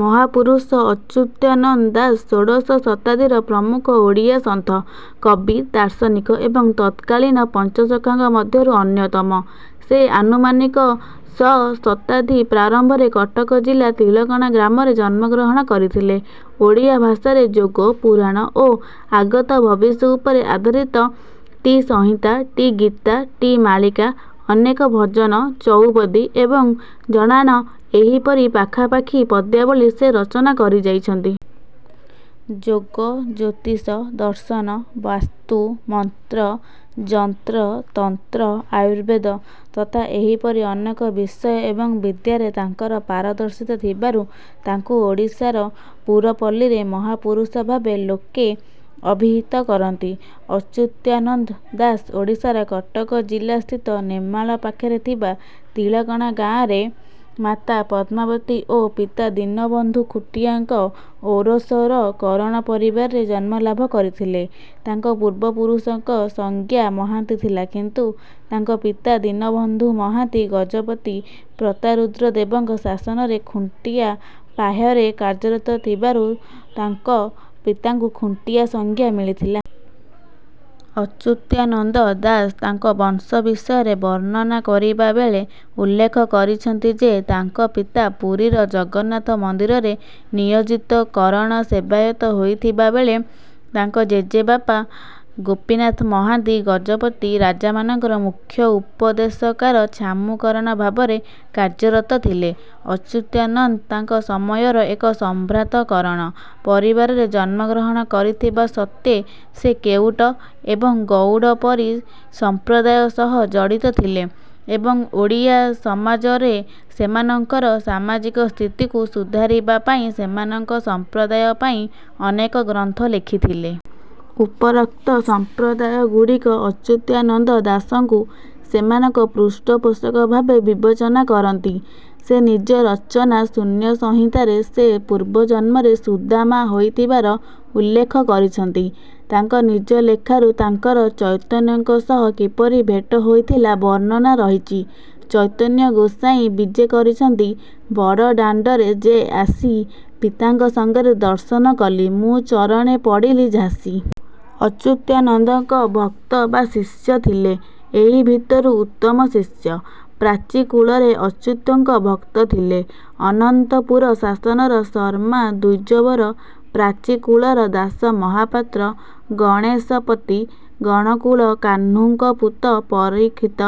ମହାପୁରୁଷ ଅଚ୍ୟୁତାନନ୍ଦ ଦାସ ଷୋଡ଼ଶ ଶତାବ୍ଦୀର ପ୍ରମୁଖ ଓଡ଼ିଆ ସନ୍ଥ, କବି, ଦାର୍ଶନିକ ଏବଂ ତତ୍କାଳୀନ ପଞ୍ଚସଖାଙ୍କ ମଧ୍ୟରୁ ଅନ୍ୟତମ। ସେ ଆନୁମାନିକ ଶ ଶତାବ୍ଦୀ ପ୍ରାରମ୍ଭରେ କଟକ ଜିଲ୍ଲା ତିଳକଣା ଗ୍ରାମରେ ଜନ୍ମଗ୍ରହଣ କରିଥିଲେ। ଓଡ଼ିଆ ଭାଷାରେ ଯୋଗ, ପୁରାଣ ଓ ଆଗତ ଭବିଷ୍ୟ ଉପରେ ଆଧାରିତ ଟି ସଂହିତା, ଟି ଗୀତା, ଟି ମାଳିକା, ଅନେକ ଭଜନ, ଚଉପଦୀ ଏବଂ ଜଣାଣ ଏହିପରି ପାଖାପାଖି ପଦ୍ୟାବଳୀ ସେ ରଚନା କରିଯାଇଛନ୍ତି। ଯୋଗ, ଜ୍ୟୋତିଷ, ଦର୍ଶନ, ବାସ୍ତୁ, ମନ୍ତ୍ର, ଯନ୍ତ୍ର, ତନ୍ତ୍ର, ଆୟୁର୍ବେଦ ତଥା ଏହିପରି ଅନେକ ବିଷୟ ଏବଂ ବିଦ୍ୟାରେ ତାଙ୍କର ପାରଦର୍ଶିତା ଥିବାରୁ ତାଙ୍କୁ ଓଡ଼ିଶାର ପୁରପଲ୍ଳୀରେ 'ମହାପୁରୁଷ' ଭାବେ ଲୋକେ ଅଭିହିତ କରନ୍ତି। ଅଚ୍ୟୁତାନନ୍ଦ ଦାସ ଓଡ଼ିଶାର କଟକ ଜିଲ୍ଲାସ୍ଥିତ ନେମାଳ ପାଖରେ ଥିବା ତିଳକଣା ଗାଁରେ ମାତା ପଦ୍ମାବତୀ ଓ ପିତା ଦୀନବନ୍ଧୁ ଖୁଣ୍ଟିଆଙ୍କ ଔରସରୁ କରଣ ପରିବାରରେ ଜନ୍ମଲାଭ କରିଥିଲେ ତାଙ୍କ ପୂର୍ବ ପୁରୁଷଙ୍କ ସଂଜ୍ଞା ମହାନ୍ତି ଥିଲା କିନ୍ତୁ ତାଙ୍କ ପିତା ଦୀନବନ୍ଧୁ ମହାନ୍ତି ଗଜପତି ପ୍ରତାରୁଦ୍ର ଦେବଙ୍କ ଶାସନରେ ଖୁଣ୍ଟିଆ ପାହ୍ୟାରେ କାର୍ଯ୍ୟରତ ଥିବାରୁ ତାଙ୍କ ପିତାଙ୍କୁ ଖୁଣ୍ଟିଆ ସଂଜ୍ଞା ମିଳିଥିଲା। ଅଚ୍ୟୁତାନନ୍ଦ ଦାସ ତାଙ୍କ ବଂଶ ବିଷୟରେ ବର୍ଣ୍ଣନା କରିବାବେଳେ ଉଲ୍ଲେଖ କରିଛନ୍ତି ଯେ ତାଙ୍କ ପିତା ପୁରୀର ଜଗନ୍ନାଥ ମନ୍ଦିରରେ ନିୟୋଜିତ କରଣ ସେବାୟତ ହୋଇଥିବାବେଳେ ତାଙ୍କ ଜେଜେବାପା ଗୋପୀନାଥ ମହାନ୍ତି ଗଜପତି ରାଜାମାନଙ୍କର ମୁଖ୍ୟ ଉପଦେଶକାର "ଛାମୁ କରଣ" ଭାବରେ କାର୍ଯ୍ୟରତ ଥିଲେ। ଅଚ୍ୟୁତାନନ୍ଦ ତାଙ୍କ ସମୟର ଏକ ସମ୍ଭ୍ରାନ୍ତ କରଣ ପରିବାରରେ ଜନ୍ମଗ୍ରହଣ କରିଥିବା ସତ୍ତ୍ୱେ ସେ କେଉଟ ଏବଂ ଗୌଡ଼ ପରି ସମ୍ପ୍ରଦାୟ ସହ ଜଡିତ ଥିଲେ ଏବଂ ଓଡ଼ିଆ ସମାଜରେ ସେମାନଙ୍କର ସାମାଜିକ ସ୍ଥିତିକୁ ସୁଧାରିବା ପାଇଁ ସେମାନଙ୍କ ସମ୍ପ୍ରଦାୟ ପାଇଁ ଅନେକ ଗ୍ରନ୍ଥ ଲେଖିଥିଲେ। ଉପରୋକ୍ତ ସମ୍ପ୍ରଦାୟଗୁଡ଼ିକ ଅଚ୍ୟୁତାନନ୍ଦ ଦାସଙ୍କୁ ସେମାନଙ୍କ ପୃଷ୍ଟପୋଷକ ଭାବେ ବିବେଚନା କରନ୍ତି। ସେ ନିଜ ରଚନା ଶୂନ୍ୟସଂହିତାରେ ସେ ପୂର୍ବ ଜନ୍ମରେ ସୁଦାମା ହୋଇଥିବାର ଉଲ୍ଲେଖ କରିଛନ୍ତି। ତାଙ୍କ ନିଜ ଲେଖାରୁ ତାଙ୍କର ଚୈତନ୍ୟଙ୍କ ସହ କିପରି ଭେଟ ହୋଇଥିଲା ବର୍ଣ୍ଣନା ରହିଛି। ଚୈତନ୍ୟ ଗୋସାଇଁ ବିଜେ କରିଛନ୍ତି ବଡ଼ଦାଣ୍ଡରେ ଯେ ଆସି ପିତାଙ୍କ ସଙ୍ଗରେ ଦର୍ଶନ କଲି ମୁଁ ଚରଣେ ପଡ଼ିଲି ଝାସି। ଅଚ୍ୟୁତାନନ୍ଦଙ୍କ ଭକ୍ତ ବା ଶିଷ୍ୟ ଥିଲେ। ଏହି ଭିତରୁ ଉତ୍ତମ ଶିଷ୍ୟ। ପ୍ରାଚୀକୂଳରେ ଅଚ୍ୟୁତଙ୍କ ଭକ୍ତ ଥିଲେ। ଅନନ୍ତପୁର ଶାସନର ଶର୍ମ୍ମା ଦ୍ୱିଜବର, ପ୍ରାଚୀ କୂଳର ଦାସ ମହାପାତ୍ର, ଗଣେଶ ପତି, ଗଣକକୁଳ କାହ୍ନୁଙ୍କ ପୁତ ପରୀକ୍ଷିତ,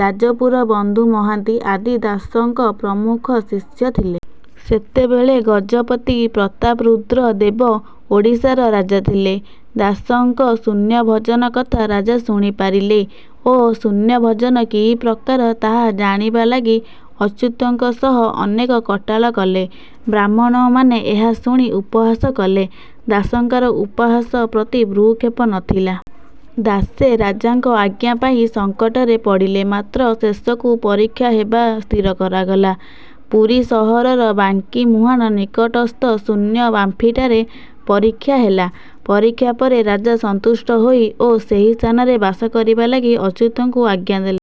ଯାଜପୁର ବନ୍ଧୁ ମହାନ୍ତି ଆଦି ଦାସଙ୍କ ପ୍ରମୁଖ ଶିଷ୍ୟ ଥିଲେ। ସେତେବେଳେ ଗଜପତି ପ୍ରତାପରୁଦ୍ର ଦେବ ଓଡ଼ିଶାର ରାଜା ଥିଲେ। ଦାସଙ୍କ ଶୂନ୍ୟଭଜନ କଥା ରାଜା ଶୁଣିପାରିଲେ ଓ ଶୂନ୍ୟଭଜନ କି ପ୍ରକାର ତାହା ଜାଣିବା ଲାଗି ଅଚ୍ୟୁତଙ୍କ ସହ ଅନେକ କଟାଳ କଲେ। ବ୍ରାହ୍ମଣମାନେ ଏହା ଶୁଣି ଉପହାସ କଲେ। ଦାସଙ୍କର ଉପହାସ ପ୍ରତି ଭ୍ରୂକ୍ଷେପ ନ ଥିଲା। ଦାସେ ରାଜାଙ୍କ ଆଜ୍ଞା ପାଇ ସଙ୍କଟରେ ପଡ଼ିଲେ ମାତ୍ର ଶେଷକୁ ପରୀକ୍ଷା ହେବା ସ୍ଥିର କରାଗଲା। ପୁରୀ ସହରର ବାଙ୍କି ମୁହାଁଣ ନିକଟସ୍ଥ ଶୂନ୍ୟ ବାମ୍ଫିଠାରେ ପରୀକ୍ଷା ହେଲା। ପରୀକ୍ଷା ପରେ ରାଜା ସନ୍ତୁଷ୍ଟ ହୋଇ ଓ ସେହି ସ୍ଥାନରେ ବାସ କରିବା ଲାଗି ଅଚ୍ୟୁତଙ୍କୁ ଆଜ୍ଞା ଦେଲେ।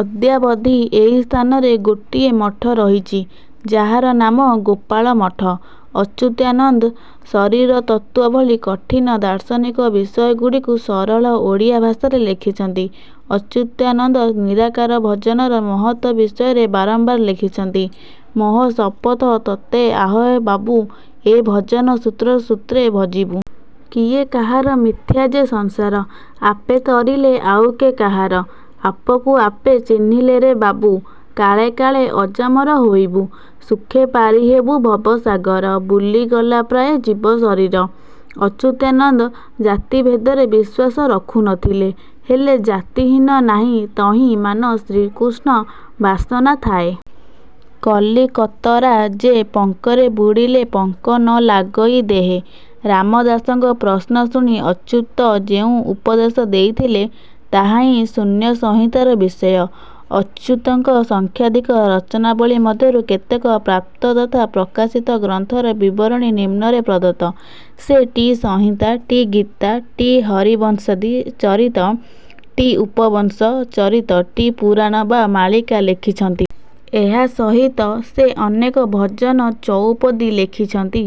ଅଦ୍ୟାବଧି ଏହି ସ୍ଥାନରେ ଗୋଟିଏ ମଠ ରହିଛି ଯାହାର ନାମ ଗୋପାଳ ମଠ। ଅଚ୍ୟୁତାନନ୍ଦ ଶରୀରତତ୍ତ୍ୱ ଭଳି କଠିନ ଦାର୍ଶନିକ ବିଷୟଗୁଡ଼ିକୁ ସରଳ ଓଡ଼ିଆ ଭାଷାରେ ଲେଖିଛନ୍ତି। ଅଚ୍ୟୁତାନନ୍ଦ ନିରାକାର ଭଜନର ମହତ୍ତ୍ୱ ବିଷୟରେ ବାରମ୍ବାର ଲେଖିଛନ୍ତି। ମୋହ ଶପଥ ତୋତେ ଆହୋ ବାବୁ। ଏ ଭଜନ ସୂତ୍ର ସୂତ୍ରେ ଭଜିବୁ।। କିଏ କାହାର ମିଥ୍ଯା ଯେ ସଂସାର। ଆପେ ତରିଲେ ଆଉ କେ କାହାର।। ଆପକୁ ଆପେ ଚିହ୍ନିଲେରେ ବାବୁ। କାଳେ କାଳେ ଅଜାମର ହୋଇବୁ।। ସୁଖେ ପାରିହେବୁ ଭବସାଗର। ବୁଲିଗଲା ପ୍ରାୟେ ଯିବ ଶରୀର।। ଅଚ୍ୟୁତାନନ୍ଦ ଜାତିଭେଦରେ ବିଶ୍ୱାସ ରଖୁନଥିଲେ। ହେଲେ ଜାତି ହୀନ ନାହିଁ ତହିଁ ମାନ ଶ୍ରୀକୃଷ୍ଣ ବାସନା ଥାଏ। କଲିକତରା ଯେ ପଙ୍କରେ ବୁଡ଼ିଲେ ପଙ୍କ ନ ଲାଗଇ ଦେହେ।। ରାମଦାସଙ୍କ ପ୍ରଶ୍ନ ଶୁଣି ଅଚ୍ୟୁତ ଯେଉଁ ଉପଦେଶ ଦେଇଥିଲେ ତାହା ହିଁ ଶୂନ୍ୟସଂହିତାର ବିଷୟ। ଅଚ୍ୟୁତଙ୍କ ସଂଖ୍ୟାଧିକ ରଚନାବଳୀ ମଧ୍ୟରୁ କେତକ ପ୍ରାପ୍ତ ତଥା ପ୍ରକାଶିତ ଗ୍ରନ୍ଥର ବିବରଣୀ ନିମ୍ନରେ ପ୍ରଦତ୍ତ। ସେ ଟି ସଂହିତା, ଟି ଗୀତା, ଟି ହରିବଂଶାଦି ଚରିତ, ଟି ଉପବଂଶ ଚରିତ, ଟି ପୁରାଣ ବା ମାଳିକା ଲେଖିଛନ୍ତି। ଏହା ସହିତ ସେ ଅନେକ ଭଜନ ଚୌପଦୀ ଲେଖିଛନ୍ତି।।